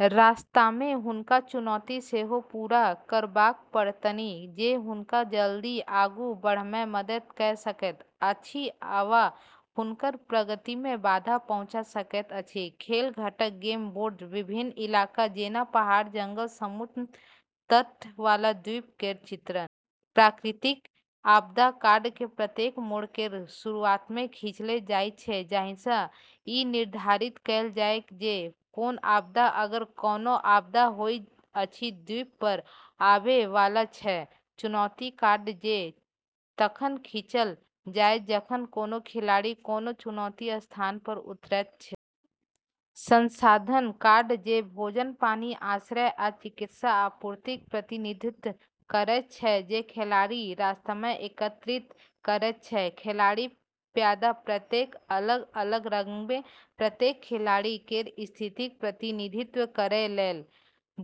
रास्तामे हुनका चुनौती सेहो पूरा करबाक पड़तनि जे हुनका जल्दी आगू बढ़ैमे मदद कऽ सकैत अछि वा हुनकर प्रगतिमे बाधा पहुँचा सकैत अछि। खेल घटक गेम बोर्ड विभिन्न इलाका जेना पहाड़ जंगल समुद्र तट वाला द्वीप केर चित्रण। प्राकृतिक आपदा कार्ड जे प्रत्येक मोड़ केर शुरुआतमे खींचल जाइत छै जाहिसँ ई निर्धारित कएल जाय जे कोन आपदा अगर कोनो आपदा होइत अछि द्वीपपर आबैवाला छै। चुनौती कार्ड जे तखन खींचल जायत जखन कोनो खिलाड़ी कोनो चुनौती स्थानपर उतरैत छै। संसाधन कार्ड जे भोजन पानी आश्रय आ चिकित्सा आपूर्तिक प्रतिनिधित्व करैत छै जे खिलाड़ी रास्तामे एकत्रित करैत छै। खिलाड़ी प्यादा प्रत्येक अलग अलग रंगमे प्रत्येक खिलाड़ी केर स्थितिक प्रतिनिधित्व करै लेल।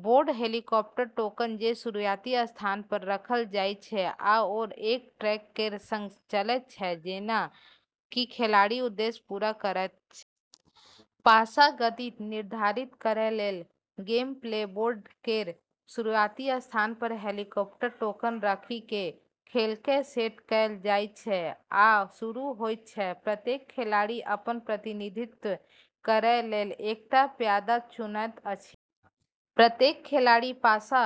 बोर्ड हेलीकॉप्टर टोकन जे शुरुआती स्थानपर रखल जाइत छै आओर एक ट्रैक केर संग चलैत छै जेना कि खिलाड़ी उद्देश्य पूरा करैत छै। पासा गति निर्धारित करै लेल। गेमप्ले बोर्ड केर शुरुआती स्थानपर हेलीकॉप्टर टोकन राखि कऽ खेलकेँ सेट कएल जाइत छै आ शुरू होइत छै। प्रत्येक खिलाड़ी अपन प्रतिनिधित्व करै लेल एकटा प्यादा चुनैत अछि। प्रत्येक खिलाड़ी पासा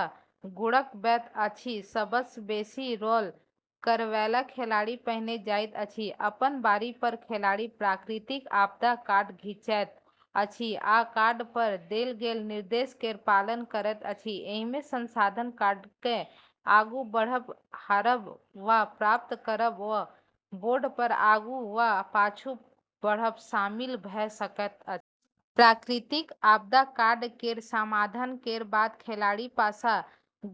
गुड़कबैत अछि सबसँ बेसी रोल करैवाला खिलाड़ी पहिने जाइत अछि। अपन बारीपर खिलाड़ी प्राकृतिक आपदा कार्ड खींचैत अछि आ कार्डपर देल गेल निर्देश केर पालन करैत अछि। एहिमे संसाधन कार्डकेँ आगू बढ़ब हारब वा प्राप्त करब वा बोर्डपर आगू वा पाछू बढ़ब शामिल भऽ सकैत अछि। प्राकृतिक आपदा कार्ड केर समाधान केर बाद खिलाड़ी पासा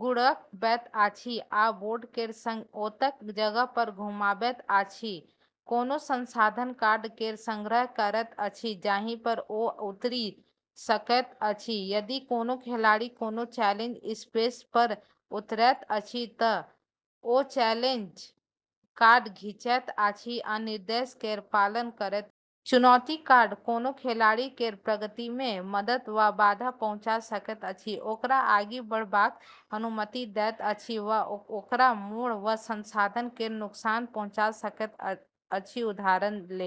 गुड़कबैत अछि आ बोर्ड केर संग ओतेक जगहपर घुमाबैत अछि कोनो संसाधन कार्ड केर संग्रह करैत अछि जाहिपर ओ उतरि सकैत अछि। यदि कोनो खिलाड़ी कोनो चैलेंज स्पेसपर उतरैत अछि तऽ ओ चैलेंज कार्ड खींचैत अछि आ निर्देश केर पालन करैत अछि। चुनौती कार्ड कोनो खिलाड़ी केर प्रगतिमे मदद वा बाधा पहुँचा सकैत अछि ओकरा आगू बढ़बाक अनुमति दैत अछि वा ओकरा मोड़ वा संसाधन केर नुकसान पहुँचा सकैत अछि उदाहरण लेल।